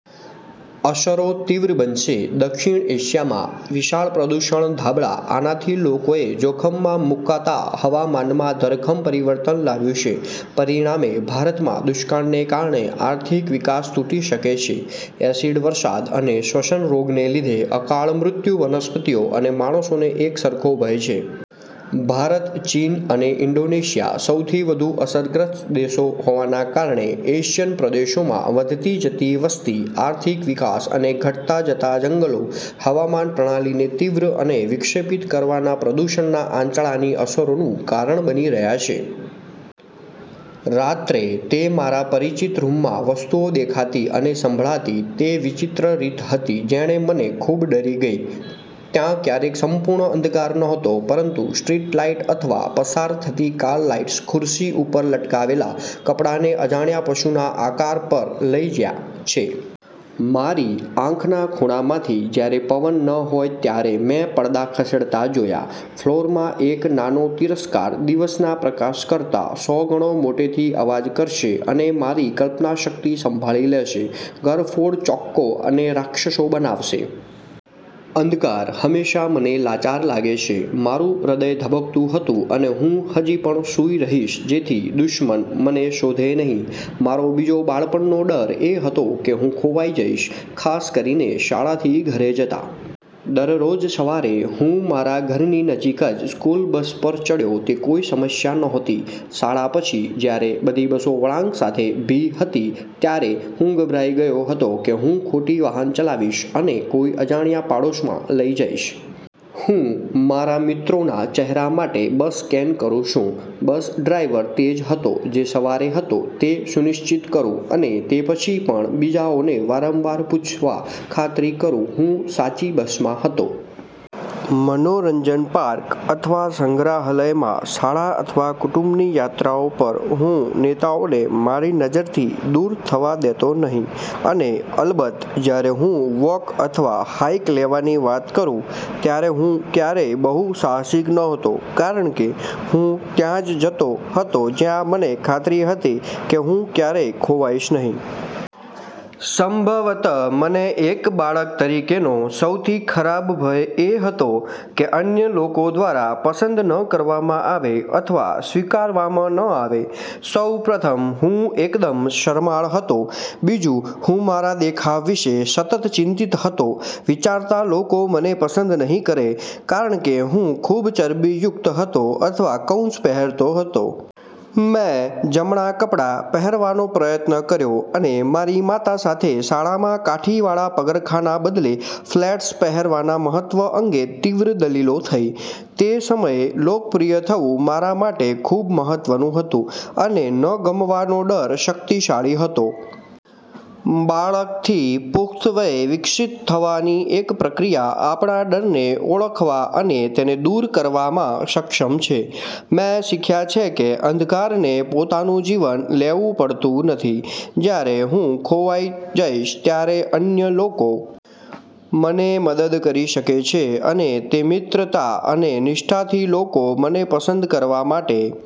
અસરો તીવ્ર બનશે. દક્ષિણ એશિયામાં વિશાળ પ્રદૂષણ ધાબળા. આનાથી લોકોએ જોખમમાં મુકતા હવામાનમાં ધરખમ પરિવર્તન લાવ્યું છે. પરિણામે, ભારતમાં દુષ્કાળને કારણે આર્થિક વિકાસ તૂટી શકે છે. એસિડ વરસાદ અને શ્વસન રોગને લીધે અકાળ મૃત્યુ વનસ્પતિઓ અને માણસોને એકસરખો ભય છે. ભારત, ચીન અને ઇન્ડોનેશિયા સૌથી વધુ અસરગ્રસ્ત દેશો હોવાને કારણે, એશિયન પ્રદેશોમાં વધતી જતી વસ્તી, આર્થિક વિકાસ અને ઘટતા જતા જંગલો, હવામાન પ્રણાલીને તીવ્ર અને વિક્ષેપિત કરવાના પ્રદૂષણના આંચળાની અસરોનું કારણ બની રહ્યા છે. રાત્રે તે મારા પરિચિત રૂમમાં વસ્તુઓ દેખાતી અને સંભળાતી તે વિચિત્ર રીત હતી જેણે મને ખૂબ ડરી ગઈ. ત્યાં ક્યારેય સંપૂર્ણ અંધકાર નહોતો, પરંતુ સ્ટ્રીટ લાઇટ અથવા પસાર થતી કાર લાઇટ્સ ખુરશી ઉપર લટકાવેલા કપડાંને અજાણ્યા પશુના આકાર પર લઈ જાય છે. મારી આંખના ખૂણામાંથી, જ્યારે પવન ન હોય ત્યારે મેં પડદા ખસેડતા જોયા. ફ્લોરમાં એક નાનો તિરસ્કાર, દિવસના પ્રકાશ કરતાં સો ગણો મોટેથી અવાજ કરશે અને મારી કલ્પનાશક્તિ સંભાળી લેશે, ઘરફોડ ચોક્કો અને રાક્ષસો બનાવશે. અંધકાર હંમેશા મને લાચાર લાગે છે. મારું હૃદય ધબકતું હતું અને હું હજી પણ સૂઈ રહીશ જેથી 'દુશ્મન' મને શોધે નહીં. મારો બીજો બાળપણનો ડર એ હતો કે હું ખોવાઈ જઈશ, ખાસ કરીને શાળાથી ઘરે જતા. દરરોજ સવારે, હું મારા ઘરની નજીક જ સ્કૂલ બસ પર ચડ્યો તે કોઈ સમસ્યા નહોતી. શાળા પછી, જ્યારે, બધી બસો વળાંક સાથે. ભી હતી, ત્યારે હું ગભરાઈ ગયો હતો કે હું ખોટી વાહન ચલાવીશ અને કોઈ અજાણ્યા પાડોશમાં લઈ જઇશ. હું મારા મિત્રોના ચહેરા માટે બસ સ્કેન કરું છું, બસ ડ્રાઇવર તે જ હતો જે સવારે હતો તે સુનિશ્ચિત કરું, અને તે પછી પણ બીજાઓને વારંવાર પૂછવા ખાતરી કરું, હું સાચી બસમાં હતો. મનોરંજન પાર્ક અથવા સંગ્રહાલયમાં શાળા અથવા કુટુંબની યાત્રાઓ પર, હું નેતાઓને મારી નજરથી દૂર થવા દેતો નહીં. અને અલબત્ત, જ્યારે હું વોક અથવા હાઇક લેવાની વાત કરું ત્યારે હું ક્યારેય બહુ સાહસિક નહોતો કારણ કે હું ત્યાં જ જતો હતો જ્યાં મને ખાતરી હતી કે હું ક્યારેય ખોવાઈશ નહીં. સંભવત, મને એક બાળક તરીકેનો સૌથી ખરાબ ભય એ હતો કે અન્ય લોકો દ્વારા પસંદ ન કરવામાં આવે અથવા સ્વીકારવામાં ન આવે. સૌ પ્રથમ, હું એકદમ શરમાળ હતો. બીજું, હું મારા દેખાવ વિશે સતત ચિંતિત હતો, વિચારતા લોકો મને પસંદ નહીં કરે કારણ કે હું ખૂબ ચરબીયુક્ત હતો અથવા કૌંસ પહેરતો હતો. મેં 'જમણા કપડા' પહેરવાનો પ્રયત્ન કર્યો અને મારી માતા સાથે શાળામાં કાઠીવાળા પગરખાંના બદલે ફ્લેટ્સ પહેરવાના મહત્વ અંગે તીવ્ર દલીલો થઈ. તે સમયે લોકપ્રિય થવું મારા માટે ખૂબ મહત્વનું હતું અને ન ગમવાનો ડર શક્તિશાળી હતો. બાળકથી પુખ્ત વયે વિકસિત થવાની એક પ્રક્રિયા આપણા ડરને ઓળખવા અને તેને દૂર કરવામાં સક્ષમ છે. મેં શીખ્યા છે કે અંધકારને પોતાનું જીવન લેવું પડતું નથી. જ્યારે હું ખોવાઈ જઈશ ત્યારે અન્ય લોકો મને મદદ કરી શકે છે અને તે મિત્રતા અને નિષ્ઠાથી લોકો મને પસંદ કરવા માટે